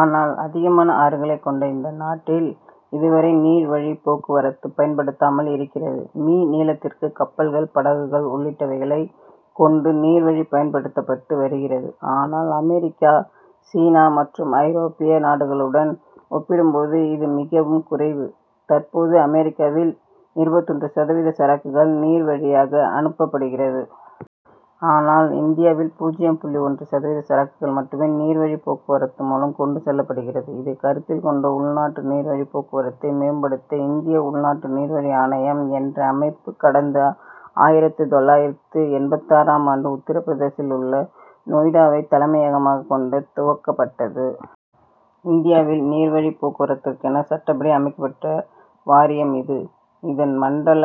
ஆனால் அதிகமான ஆறுகளை கொண்ட இந்த நாட்டில் இதுவரை நீர் வழிப்போக்குவரத்து பயன்படுத்தாமல் இருக்கிறது. மீ. நீளத்திற்கு கப்பல்கள் படகுகள் உள்ளிட்டவைகளை கொண்டு நீர்வழி பயன்படுத்தப்பட்டு வருகிறது. ஆனால் அமெரிக்கா சீனா மற்றும் ஐரோப்பிய நாடுகளுடன் ஒப்பிடும்போது இது மிகவும் குறைவு. தற்போது அமெரிக்காவில் இருபத்தொன்று சதவீத சரக்குகள் நீர்வழியாக அனுப்பப்படுகிறது. ஆனால் இந்தியாவில் பூஜ்யம் புள்ளி ஒன்று சதவீத சரக்குகள் மட்டுமே நீர் வழிப் போக்குவரத்து மூலம் கொண்டு செல்லப்படுகிறது. இதை கருத்தில் கொண்டு உள்நாட்டு நீர் வழிப் போக்குவரத்தை மேம்படுத்த இந்திய உள்நாட்டு நீர்வழி ஆணையம் என்ற அமைப்பு கடந்த ஆயிரத்து தொள்ளாயிரத்து எண்பத்தாறாம் ஆண்டு உத்தரபிரதேசத்தில் உள்ள நொய்டாவை தலைமையகமாக கொண்டு துவக்கப்பட்டது. இந்தியாவில் நீர்வழி போக்குவரத்திற்கென சட்டப்படி அமைக்கப்பட்ட வாரியம் இது. இதன் மண்டல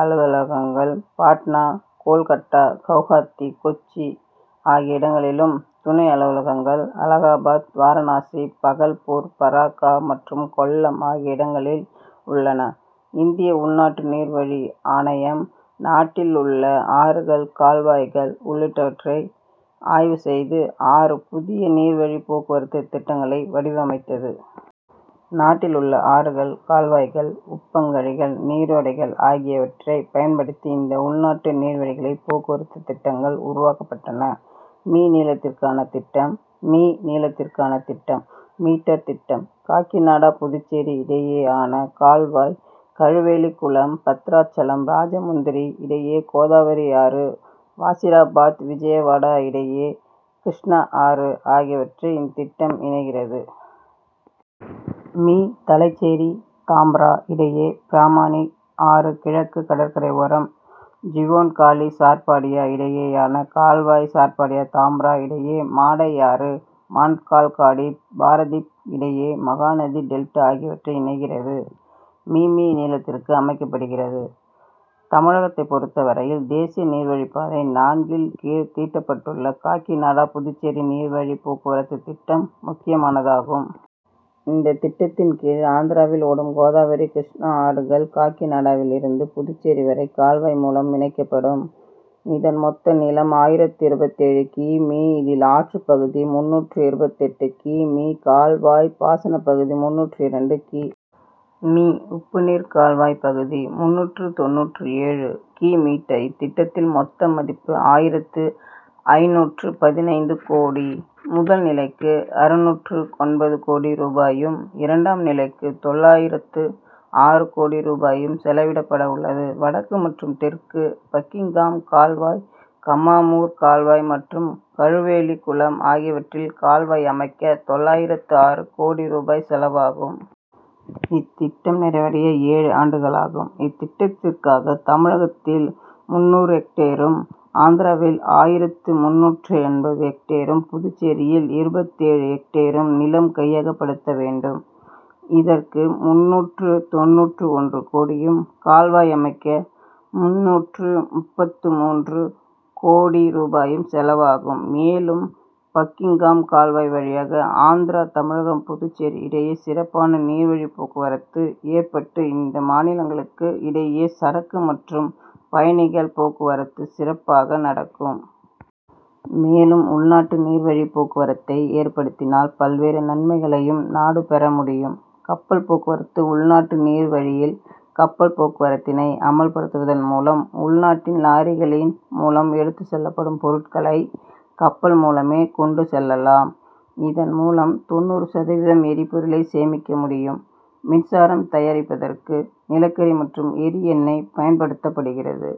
அலுவலகங்கள் பாட்னா கோல்கட்டா கவுஹாத்தி கொச்சி ஆகிய இடங்களிலும் துணை அலுவலகங்கள் அலகாபாத் வாரணாசி பகல்பூர் பராக்கா மற்றும் கொல்லம் ஆகிய இடங்களில் உள்ளன. இந்திய உள்நாட்டு நீர் வழி ஆணையம் நாட்டில் உள்ள ஆறுகள் கால்வாய்கள் உள்ளிட்டவற்றை ஆய்வு செய்து ஆறு புதிய நீர் வழி போக்குவரத்து திட்டங்களை வடிவமைத்தது. நாட்டில் உள்ள ஆறுகள் கால்வாய்கள் உப்பங்கழிகள் நீரோடைகள் ஆகியவற்றை பயன்படுத்தி இந்த உள்நாட்டு நீர்வழிகளை போக்குவரத்து திட்டங்கள் உருவாக்கப்பட்டன. மீ. நீளத்திற்கான திட்டம். மீ. நீளத்திற்கான திட்டம். மீட்டர் திட்டம். காகிநாடா புதுச்சேரி இடையேயான கால்வாய் கழுவேலி குளம் பத்ராசலம் ராஜமுந்திரி இடையே கோதாவரி ஆறு வாசிராபாத் விஜயவாடா இடையே கிருஷ்ணா ஆறு ஆகியவற்றை இந்த திட்டம் இணைக்கிறது. மீ. தலைச்சேரி தாம்ரா இடையே பிராமானி ஆறு கிழக்கு கடற்கரை ஓரம் ஜியோன்காலி சார்பாடியா இடையேயான கால்வாய் சார்பாடியா தாம்ரா இடையே மாடை ஆறு மான்கால்காடி பாரதீப் இடையே மகாநதி டெல்டா ஆகியவற்றை இணைக்கிறது. மீ. மீ. நீளத்திற்கு அமைக்கப்படுகிறது. தமிழகத்தை பொறுத்த வரையில் தேசிய நீர்வழிப்பாதை நான்கின் கீழ் தீட்டப்பட்டுள்ள காகிநாடா புதுச்சேரி நீர் வழிப் போக்குவரத்து திட்டம் முக்கியமானதாகும். இந்த திட்டத்தின் கீழ் ஆந்திராவில் ஓடும் கோதாவரி கிருஷ்ணா ஆறுகள் காகிநாடாவில் இருந்து புதுச்சேரி வரை கால்வாய் மூலமும் இணைக்கப்படும். இதன் மொத்த நீளம் ஆயிரத்து இருபத்தேழு கி. மீ. இதில் ஆற்று பகுதி முந்நூற்று இருபத்தெட்டு கி. மீ. கால்வாய் பாசனப்பகுதி முந்நூற்று இரண்டு கி. மீ. உப்புநீர் கால்வாய் பகுதி முந்நூற்று தொண்ணூற்று ஏழு கி. மீட்டர். இத்திட்டத்தின் மொத்த மதிப்பு ஆயிரத்து ஐந்நூற்று பதினைந்து கோடி. முதல்நிலைக்கு அறுநூற்று ஒன்பது கோடி ரூபாயும் இரண்டாம் நிலைக்கு தொள்ளாயிரத்து ஆறு கோடி ரூபாயும் செலவிடப்பட உள்ளது. வடக்கு மற்றும் தெற்கு பக்கிங்காம் கால்வாய் கம்மாமூர் கால்வாய் மற்றும் கழுவேலி குளம் ஆகியவற்றில் கால்வாய் அமைக்க தொள்ளாயிரத்து ஆறு கோடி ரூபாய் செலவாகும். இத்திட்டம் நிறைவடைய ஏழு ஆண்டுகளாகும். இத்திட்டத்திற்காக தமிழகத்தில் முந்நூறு எக்டேரும் ஆந்திராவில் ஆயிரத்து முந்நூற்று எண்பது எக்டேரும் புதுச்சேரியில் இருபத்தேழு எக்டேரும் நிலம் கையகப்படுத்த வேண்டும். இதற்கு முந்நூற்று தொண்ணூற்று ஒன்று கோடியும் கால்வாய் அமைக்க முந்நூற்று முப்பத்து மூன்று கோடி ரூபாயும் செலவாகும். மேலும் பக்கிங்காம் கால்வாய் வழியாக ஆந்திரா தமிழகம் புதுச்சேரி இடையே சிறப்பான நீர் வழி போக்குவரத்து ஏற்பட்டு இந்த மாநிலங்களுக்கு இடையே சரக்கு மற்றும் பயணிகள் போக்குவரத்து சிறப்பாக நடக்கும். மேலும் உள்நாட்டு நீர் வழிப் போக்குவரத்தை ஏற்படுத்தினால் பல்வேறு நன்மைகளையும் நாடு பெற முடியும். கப்பல் போக்குவரத்து உள்நாட்டு நீர் வழியில் கப்பல் போக்குவரத்தினை அமல்படுத்துவதன் மூலம் உள்நாட்டில் லாரிகளின் மூலம் எடுத்து செல்லப்படும் பொருட்களை கப்பல் மூலமே கொண்டு செல்லலாம். இதன் மூலம் தொண்ணூறு சதவீத எரிபொருளை சேமிக்க முடியும். மின்சாரம் தயாரிப்பதற்கு நிலக்கரி மற்றும் எரி எண்ணெய் பயன்படுத்தப்படுகிறது.